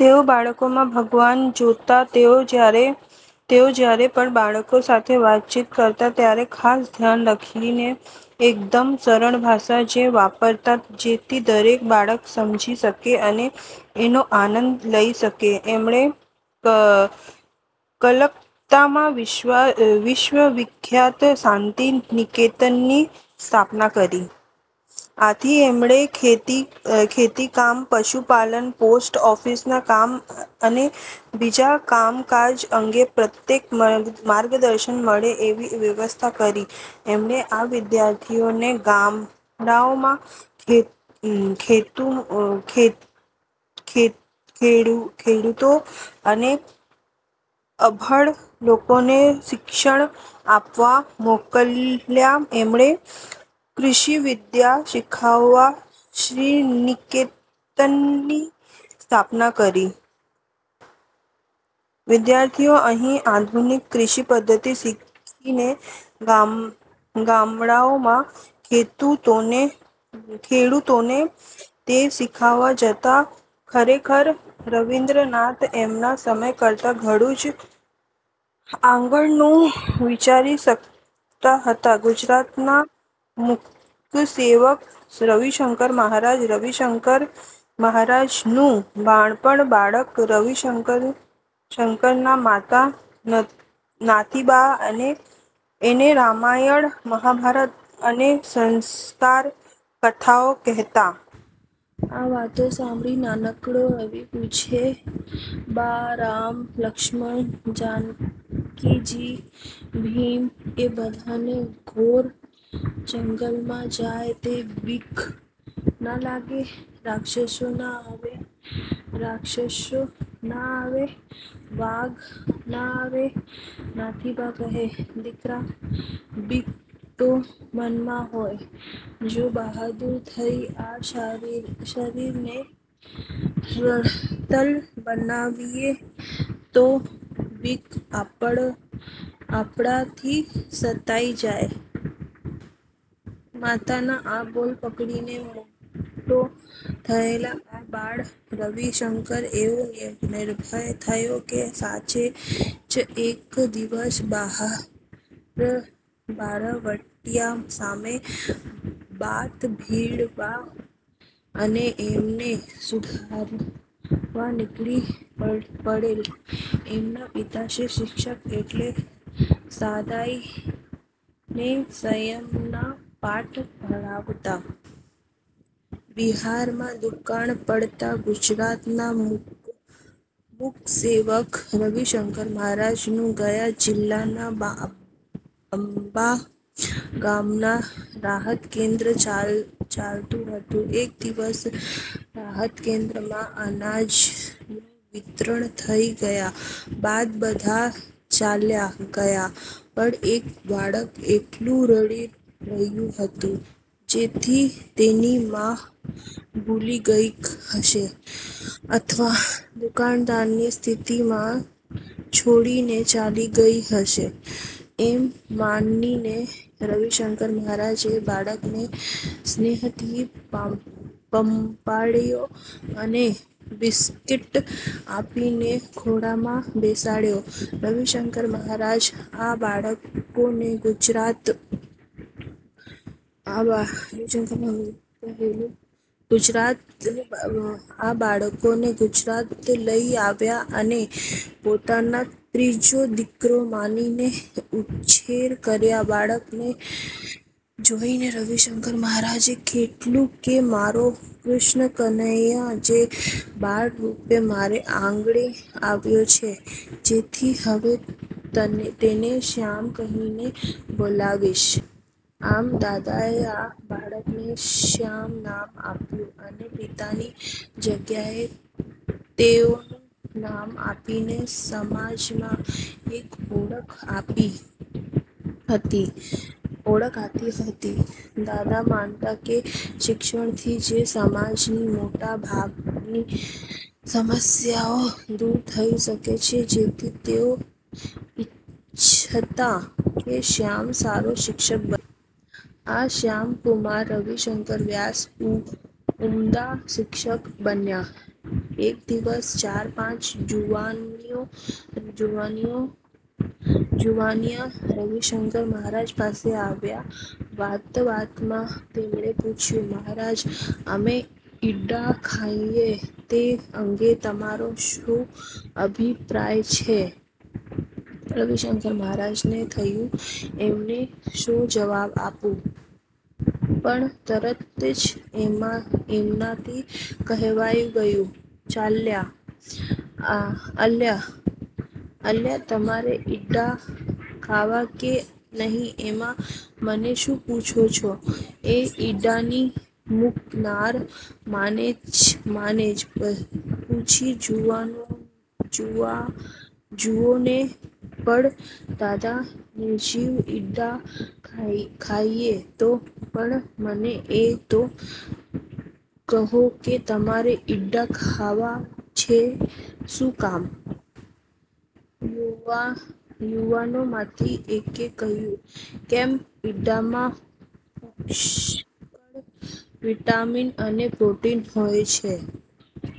તેઓ બાળકમાં ભગવાન જોતા. તેઓ જયારે પણ બાળકો સાથે વાતચીત કરતા ત્યારે ખાસ ધ્યાન રાખીને એકદમ સરળ ભાષા જ વાપરતા જેથી દરેક બાળક સમજી શકે અને એનો આનંદ લઇ શકે. એમણે કલકત્તામાં વિશ્વવિખ્યાત શાંતિનિકેતનની સ્થાપના કરી. આથી એમણે ખેતીકામ, પશુપાલન, પોસ્ટ ઓફિસના કામ અને બીજા કામકાજ અંગે પ્રત્યક્ષ માર્ગદર્શન મળે એવી વ્યવસ્થા કરી. એમણે આ વિદ્યાર્થીઓને ગામડાંઓમાં ખેડૂતો અને અભણ લોકોને શિક્ષણ આપવા મોકલ્યા. એમણે કૃષિવિદ્યા શીખવવા શ્રીનિકેતનની સ્થાપના કરી. વિદ્યાર્થીઓ અહીં આધુનિક કૃષિ પદ્ધતિ શીખીને ગામડાંઓમાં ખેડૂતોને તે શીખવવા જતા. ખરેખર રવિન્દ્રનાથ એમના સમય કરતાં ઘણું જ આગળનું વિચારી શકતા હતા! ગુજરાતના મૂકસેવક રવિશંકર મહારાજ રવિશંકર મહારાજનું બાળપણ બાળક રવિશંકરના માતા નાથીબા એને રામાયણ, મહાભારત અને સંસ્કાર કથાઓ કહેતા. આ વાતો સાંભળી નાનકડો રવિ પૂછે,"બા, રામ, લક્ષ્મણ, જાનકીજી, ભીમ એ બધાને ઘોર જંગલમાં જાય તે બીક ના લાગે? રાક્ષસો ના આવે? વાઘ ના આવે? " નાથીબા કહે,"દીકરા બીક તો મનમાં હોય, જો બહાદૂર થઈ આ શરીરને ખડતલ બનાવીએ તો બીક આપણાથી સંતાઈ જાય. " માતાના આ બોલ પકડીને મોટો થયેલ આ બાળ રવિશંકર એવો નિર્ભય થયો કે, સાચે જ એક દિવસ બહારવટિયા સામે બાથ ભીડવા અને એમને સુધારવા નીકળી પડેલ. એમના પિતાશ્રી શિક્ષક એટલે સાદાઈ ને સંયમના પાઠ ભણાવતા. બિહારમાં દુષ્કાળ પડતાં ગુજરાતના મૂકસેવક રવિશંકર મહારાજ નું ગયા જિલ્લાના અંબા ગામમાં રાહતકેન્દ્ર ચાલતું હતું. એક દિવસ રાહતકેન્દ્રમાં અનાજનું વિતરણ થઇ ગયા બાદ બધા ચાલ્યા ગયાં પણ એક બાળક એકલું રડી રહ્યું હતું. જેથી તેની મા ભૂલી ગઇ હશે અથવા દુષ્કાળની સ્થિતિમાં છોડીને ચાલી ગઇ હશે એમ માનીને રવિશંકર મહારાજે બાળકને સ્નેહથી પંપાળ્યો અને બિસ્કિટ આપીને ખોળામાં બેસાડ્યો. રવિશંકર મહારાજ આ બાળકને ગુજરાત લઇ આવ્યા અને પોતાના ત્રીજો દિકરો માનીને ઉછેર કર્યો બાળકને જોઇને રવિશંકર મહારાજે કહેલું કે મારો કૃષ્ણકનૈયો જ બાળરૂપે મારે આંગણે આવ્યો છે જેથી હવે તેને શ્યામ કહીને બોલાવીશ. આમ દાદાએ આ બાળકને શ્યામ નામ આપ્યું અને પિતાની જગ્યાએ તેઓનું નામ આપીને સમાજમાં એક ઓળખ આપી હતી. દાદા માનતા કે શિક્ષણથી જ સમાજની મોટા ભાગની સમસ્યાઓ દૂર થઇ શકે છે. જેથી તેઓ ઇચ્છતા કે શ્યામ સારો શિક્ષક બને. આ શ્યામકુમાર રવિશંકર વ્યાસ ઉમદા શિક્ષક બન્યા. એક દિવસ ચાર-પાંચ જુવાનિયા રવિશંકર મહારાજ પાસે આવ્યા. વાતવાતમાં તેમણે પૂછ્યું: 'મહારાજ, અમે ઈંડાં ખાઈએ તે અંગે તમારો શો અભિપ્રાય છે? ' રવિશંકર મહારાજને થયું: 'એમને શો જવાબ આપું? પણ તરત જ એમનાથી કહેવાઈ ગયું: 'અલ્યા, તમારે ઈંડાં ખાવાં કે નહિ એમાં મને શું પૂછો છો? – એ ઈંડાંની મૂકનાર માને જ પૂછી જુવોને! ' 'પણ દાદા, નિર્જીવ ઈંડાં ખાઈએ તો? ' 'પણ, મને એ તો કહો કે તમારે ઈંડાં ખાવાં છે શું કામ? ' યુવાનોમાંથી એકે કહ્યું: 'કેમ? ઈંડાંમાં પુષ્કળ વિટામીન અને પ્રોટીન હોય છે.